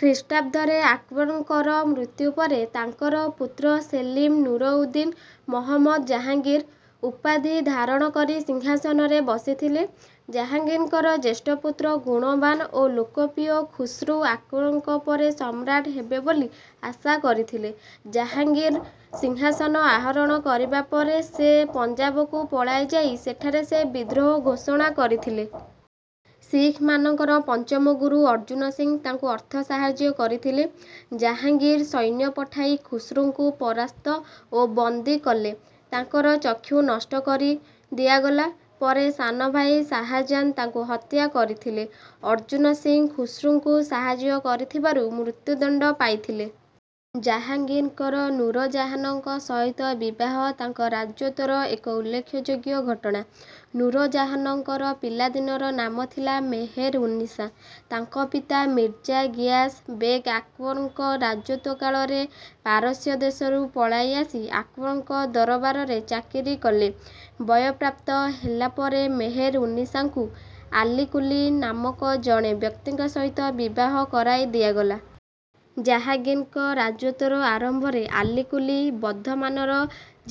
ଖ୍ରୀଷ୍ଟାବ୍ଦରେ ଆକବରଙ୍କର ମୃତ୍ୟୁ ପରେ ତାଙ୍କର ପୁତ୍ର ସେଲିମ ନୁରଉଦ୍ଦିନ ମହମ୍ମଦ ଜାହାଙ୍ଗୀର ଉପାଧି ଧାରଣ କରି ସିଂହାସନରେ ବସିଥିଲେ। ଜାହାଙ୍ଗୀରଙ୍କର ଜ୍ୟେଷ୍ଠ ପୁତ୍ର ଗୁଣବାନ ଓ ଲୋକପ୍ରିୟ ଖୁସ୍ରୁ ଆକବରଙ୍କ ପରେ ସମ୍ରାଟ ହେବେ ବୋଲି ଆଶା କରିଥିଲେ। ଜାହାଙ୍ଗୀର ସିଂହାସନ ଆହରଣ କରିବା ପରେ ସେ ପଞ୍ଜାବକୁ ପଳାଇ ଯାଇ ସେଠାରେ ସେ ବିଦ୍ରୋହ ଘୋଷଣା କରିଥିଲେ। ଶିଖମାନଙ୍କର ପଞ୍ଚମ ଗୁରୁ ଅର୍ଜୁନ ସିଂହ ତାଙ୍କୁ ଅର୍ଥ ସାହାଯ୍ୟ କରିଥିଲେ। ଜାହାଙ୍ଗୀର ସୈନ୍ୟ ପଠାଇ ଖୁସ୍ରୁଙ୍କୁ ପରାସ୍ତ ଓ ବନ୍ଦୀ କଲେ। ତାଙ୍କର ଚକ୍ଷୁ ନଷ୍ଟ କରି ଦିଆଗଲା। ପରେ ସାନଭାଇ ଶାହାଜାହାନ ତାଙ୍କୁ ହତ୍ୟା କରିଥିଲେ। ଅର୍ଜୁନ ସିଂହ ଖୁସ୍ରୁଙ୍କୁ ସାହାଯ୍ୟ କରିଥିବାରୁ ମୃତ୍ୟୁଦଣ୍ଡ ପାଇଥିଲେ। ଜାହାଙ୍ଗୀରଙ୍କର ନୂରଜାହାନଙ୍କ ସହିତ ବିବାହ ତାଙ୍କ ରାଜତ୍ୱର ଏକ ଉଲ୍ଲେଖଯୋଗ୍ୟ ଘଟଣା। ନୂରଜାହାନଙ୍କର ପିଲାଦିନର ନାମ ଥିଲା ମେହେର-ଉନ୍ନିସା। ତାଙ୍କ ପିତା ମିର୍ଜା ଗିୟାସ ବେଗ ଆକବରଙ୍କ ରାଜତ୍ୱ କାଳରେ ପାରସ୍ୟ ଦେଶରୁ ପଳାଇ ଆସି ଆକବରଙ୍କ ଦରବାରରେ ଚାକିରି କଲେ। ବୟଃପ୍ରାପ୍ତ ହେଲା ପରେ ମେହେର-ଉନ୍ନିସାଙ୍କୁ ଆଲିକୁଲି ନାମକ ଜଣେ ବ୍ୟକ୍ତିଙ୍କ ସହିତ ବିବାହ କରାଇ ଦିଆଗଲା। ଜାହାଙ୍ଗୀରଙ୍କ ରାଜତ୍ୱର ଆରମ୍ଭରେ ଆଲିକୁଲି ବର୍ଦ୍ଧମାନର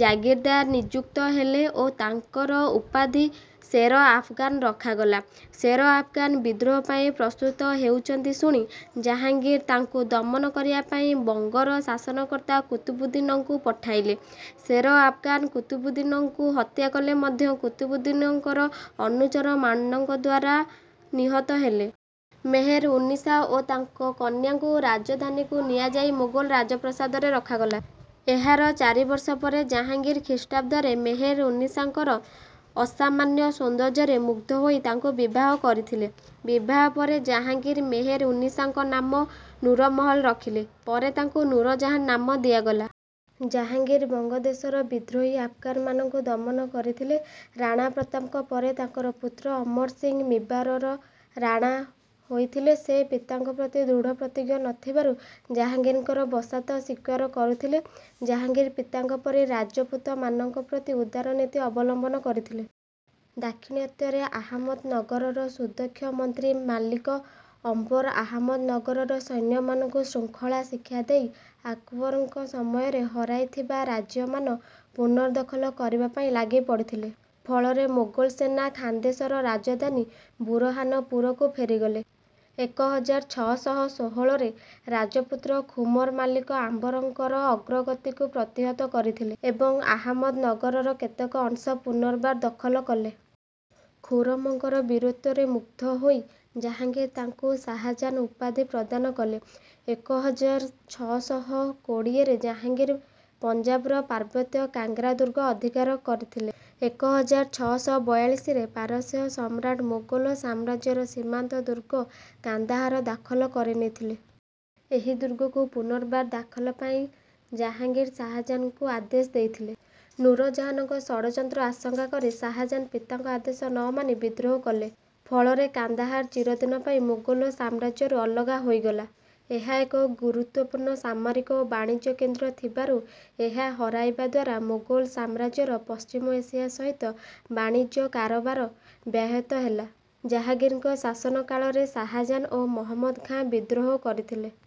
ଜାଗିରଦାର ନିଯୁକ୍ତ ହେଲେ ଓ ତାଙ୍କର ଉପାଧି ଶେର ଆଫଗାନ ରଖାଗଲା। ଶେର ଆଫଗାନ ବିଦ୍ରୋହ ପାଇଁ ପ୍ରସ୍ତୁତ ହେଉଛନ୍ତି ଶୁଣି ଜାହାଙ୍ଗୀର ତାଙ୍କୁ ଦମନ କରିବା ପାଇଁ ବଙ୍ଗର ଶାସନକର୍ତ୍ତା କୁତବୁଦ୍ଦିନଙ୍କୁ ପଠାଇଲେ। ଶେର ଆଫଗାନ କୁତବୁଦ୍ଦିନଙ୍କୁ ହତ୍ୟା କଲେ ମଧ୍ୟ କୁତବୁଦ୍ଦିନଙ୍କର ଅନୁଚରମାନଙ୍କ ଦ୍ୱାରା ନିହତ ହେଲେ। ମେହେର-ଉନ୍ନିସା ଓ ତାଙ୍କ କନ୍ୟାଙ୍କୁ ରାଜଧାନୀକୁ ନିଆଯାଇ ମୋଗଲ ରାଜପ୍ରାସାଦରେ ରଖାଗଲା। ଏହାର ଚାରି ବର୍ଷ ପରେ ଜାହାଙ୍ଗୀର ଖ୍ରୀଷ୍ଟାବ୍ଦରେ ମେହେର-ଉନ୍ନିସାଙ୍କର ଅସାମାନ୍ୟ ସୌନ୍ଦର୍ଯ୍ୟରେ ମୁଗ୍ଧ ହୋଇ ତାଙ୍କୁ ବିବାହ କରିଥିଲେ। ବିବାହ ପରେ ଜାହାଙ୍ଗୀର ମେହେର-ଉନ୍ନିସାଙ୍କ ନାମ ନୁରମହଲ ରଖିଲେ। ପରେ ତାଙ୍କୁ ନୂରଜାହାନ ନାମ ଦିଆଗଲା। ଜାହାଙ୍ଗୀର ବଙ୍ଗଦେଶର ବିଦ୍ରୋହୀ ଆଫଗାନମାନଙ୍କୁ ଦମନ କରିଥିଲେ। ରାଣା ପ୍ରତାପଙ୍କ ପରେ ତାଙ୍କର ପୁତ୍ର ଅମର ସିଂହ ମିବାରର ରାଣା ହୋଇଥିଲେ। ସେ ପିତାଙ୍କ ପ୍ରତି ଦୃଢ଼ପ୍ରତିଜ୍ଞ ନ ଥିବାରୁ ଜାହାଙ୍ଗୀରଙ୍କର ବଶତା ସ୍ୱୀକାର କରିଥିଲେ। ଜାହାଙ୍ଗୀର ପିତାଙ୍କ ପରି ରାଜପୁତମାନଙ୍କ ପ୍ରତି ଉଦାର ନୀତି ଅବଲମ୍ବନ କରିଥିଲେ। ଦାକ୍ଷିଣାତ୍ୟରେ ଆହମ୍ମଦନଗରର ସୁଦକ୍ଷ ମନ୍ତ୍ରୀ ମାଲିକ ଅମ୍ବର ଆହମ୍ମଦନଗରର ସୈନ୍ୟମାନଙ୍କୁ ଶୃଙ୍ଖଳା ଶିକ୍ଷା ଦେଇ ଆକବରଙ୍କ ସମୟରେ ହରାଇଥିବା ରାଜ୍ୟମାନ ପୁନଃଦଖଲ କରିବା ପାଇଁ ଲାଗିପଡ଼ିଥିଲେ। ଫଳରେ ମୋଗଲ ସେନା ଖାନ୍ଦେଶର ରାଜଧାନୀ ବୁରହାନପୁରକୁ ଫେରିଗଲେ। ଏକ ହଜାର ଛଅ ଶହ ଷୋହଳରେ ରାଜପୁତ୍ର ଖୁମର ମାଲିକ ଅମ୍ବରଙ୍କର ଅଗ୍ରଗତିକୁ ପ୍ରତିହତ କରିଥିଲେ ଏବଂ ଆହମ୍ମଦନଗରର କେତେକ ଅଂଶ ପୁନର୍ବାର ଦଖଲ କଲେ। ଖୁରମଙ୍କର ବୀରତ୍ୱରେ ମୁଗ୍ଧ ହୋଇ ଜାହାଙ୍ଗୀର ତାଙ୍କୁ ଶାହାଜାହାନ ଉପାଧି ପ୍ରଦାନ କରିଥିଲେ। ଏକ ହଜାର ଛଅ ଶହ କୋଡ଼ିଏରେ ଜାହାଙ୍ଗୀର ପଞ୍ଜାବର ପାର୍ବତ୍ୟ କାଙ୍ଗ୍ରା ଦୁର୍ଗ ଅଧିକାର କରିଥିଲେ। ଏକ ହଜାର ଛଅ ଶହ ବାୟାଳିଶରେ ପାରସ୍ୟ ସମ୍ରାଟ ମୋଗଲ ସାମ୍ରାଜ୍ୟର ସୀମାନ୍ତ ଦୁର୍ଗ କାନ୍ଦାହାର ଦଖଲ କରିନେଇଥିଲେ। ଏହି ଦୁର୍ଗକୁ ପୁନର୍ବାର ଦାଖଲ ପାଇଁ ଜାହାଙ୍ଗୀର ଶାହାଜାହାନଙ୍କୁ ଆଦେଶ ଦେଇଥିଲେ। ନୂରଜାହାନଙ୍କ ଷଡ଼ଯନ୍ତ୍ର ଆଶଙ୍କା କରି ଶାହାଜାହାନ ପିତାଙ୍କ ଆଦେଶ ନ ମାନି ବିଦ୍ରୋହ କଲେ। ଫଳରେ କାନ୍ଦାହାର ଚିରଦିନ ପାଇଁ ମୋଗଲ ସାମ୍ରାଜ୍ୟରୁ ଅଲଗା ହୋଇଗଲା। ଏହା ଏକ ଗୁରୁତ୍ୱପୂର୍ଣ୍ଣ ସାମରିକ ଓ ବାଣିଜ୍ୟ କେନ୍ଦ୍ର ଥିବାରୁ ଏହା ହରାଇବା ଦ୍ୱାରା ମୋଗଲ ସାମ୍ରାଜ୍ୟର ପଶ୍ଚିମ ଏସିଆ ସହିତ ବାଣିଜ୍ୟ କାରବାର ବ୍ୟାହତ ହେଲା। ଜାହାଙ୍ଗୀରଙ୍କ ଶାସନ କାଳରେ ଶାହାଜାହାନ ଓ ମହବତ ଖାଁ ବିଦ୍ରୋହ କରିଥିଲେ।